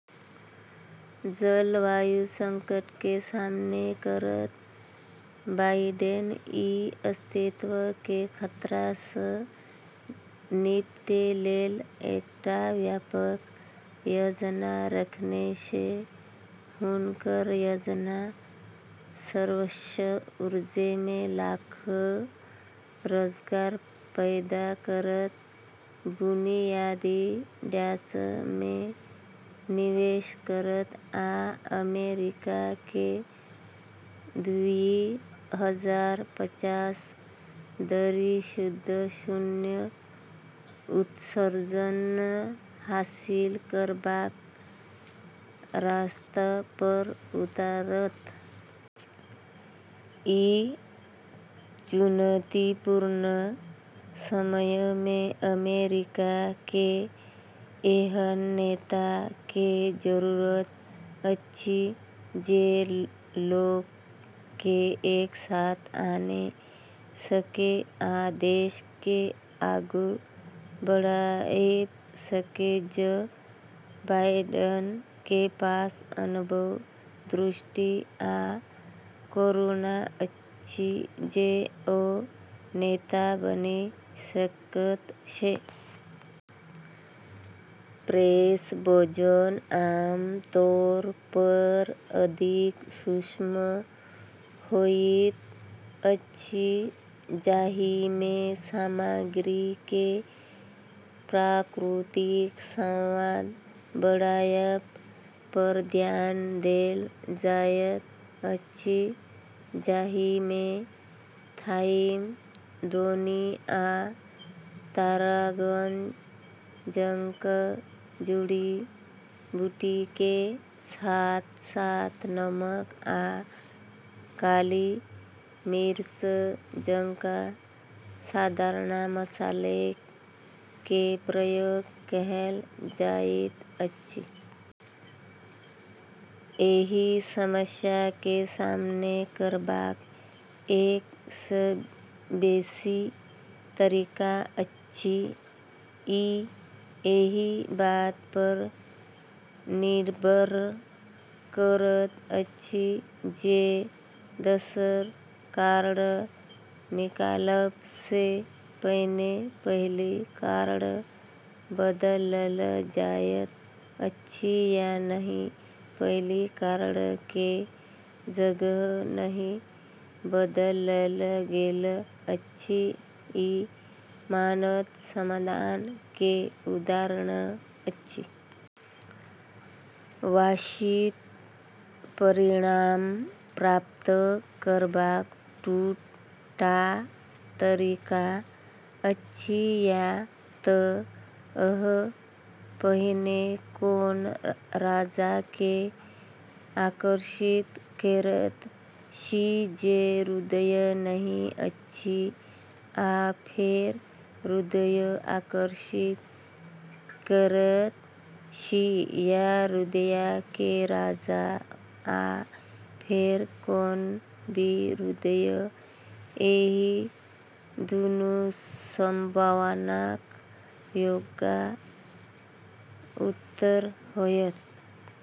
जलवायु संकट के सामना करैत बाइडेन ई अस्तित्व के खतरा सँ निपटै लेल एकटा व्यापक योजना रखने छै। हुनकर योजना स्वच्छ ऊर्जा मे लाखो रोजगार पैदा करत, बुनियादी ढाँचा मे निवेश करत, आ अमेरिका के दुई हजार पचास धरि शुद्ध शून्य उत्सर्जन हासिल करबाक रास्ता पर उतारत। ई चुनौतीपूर्ण समय मे अमेरिका के एहन नेता के जरूरत अछि जे लोक के एक साथ आने सके आ देश के आगू बढ़एब सके। जो बाइडेन के पास अनुभव, दृष्टि, आ करुणा अछि जे ओ नेता बनि सकैत छै। फ्रेंच भोजन आम तौर पर अधिक सूक्ष्म होइत अछि, जाहि मे सामग्री के प्राकृतिक स्वाद बढ़एबा पर ध्यान देल जाइत अछि, जाहि मे थाइम, दौनी, आ तारगोन जकां जड़ी-बूटी के साथ-साथ नमक आ काली मिर्च जकां साधारण मसाला के प्रयोग कएल जाइत अछि। एहि समस्या के सामना करबाक एक सँ बेसी तरीका अछि, ई एहि बात पर निर्भर करैत अछि जे दोसर कार्ड निकालब सँ पहिने पहिल कार्ड बदलल जायत अछि या नहि। पहिल कार्ड के जगह नहि बदलल गेल अछि ई मानैत समाधान के उदाहरण अछि। वांछित परिणाम प्राप्त करबाक दू टा तरीका अछि या त अहाँ पहिने कोनो राजा के आकर्षित करैत छी जे हृदय नहि अछि आ फेर हृदय आकर्षित करैत छी या हृदय के राजा आ फेर कोनो भी हृदय। एहि दुनू संभावनाक योग उत्तर होयत।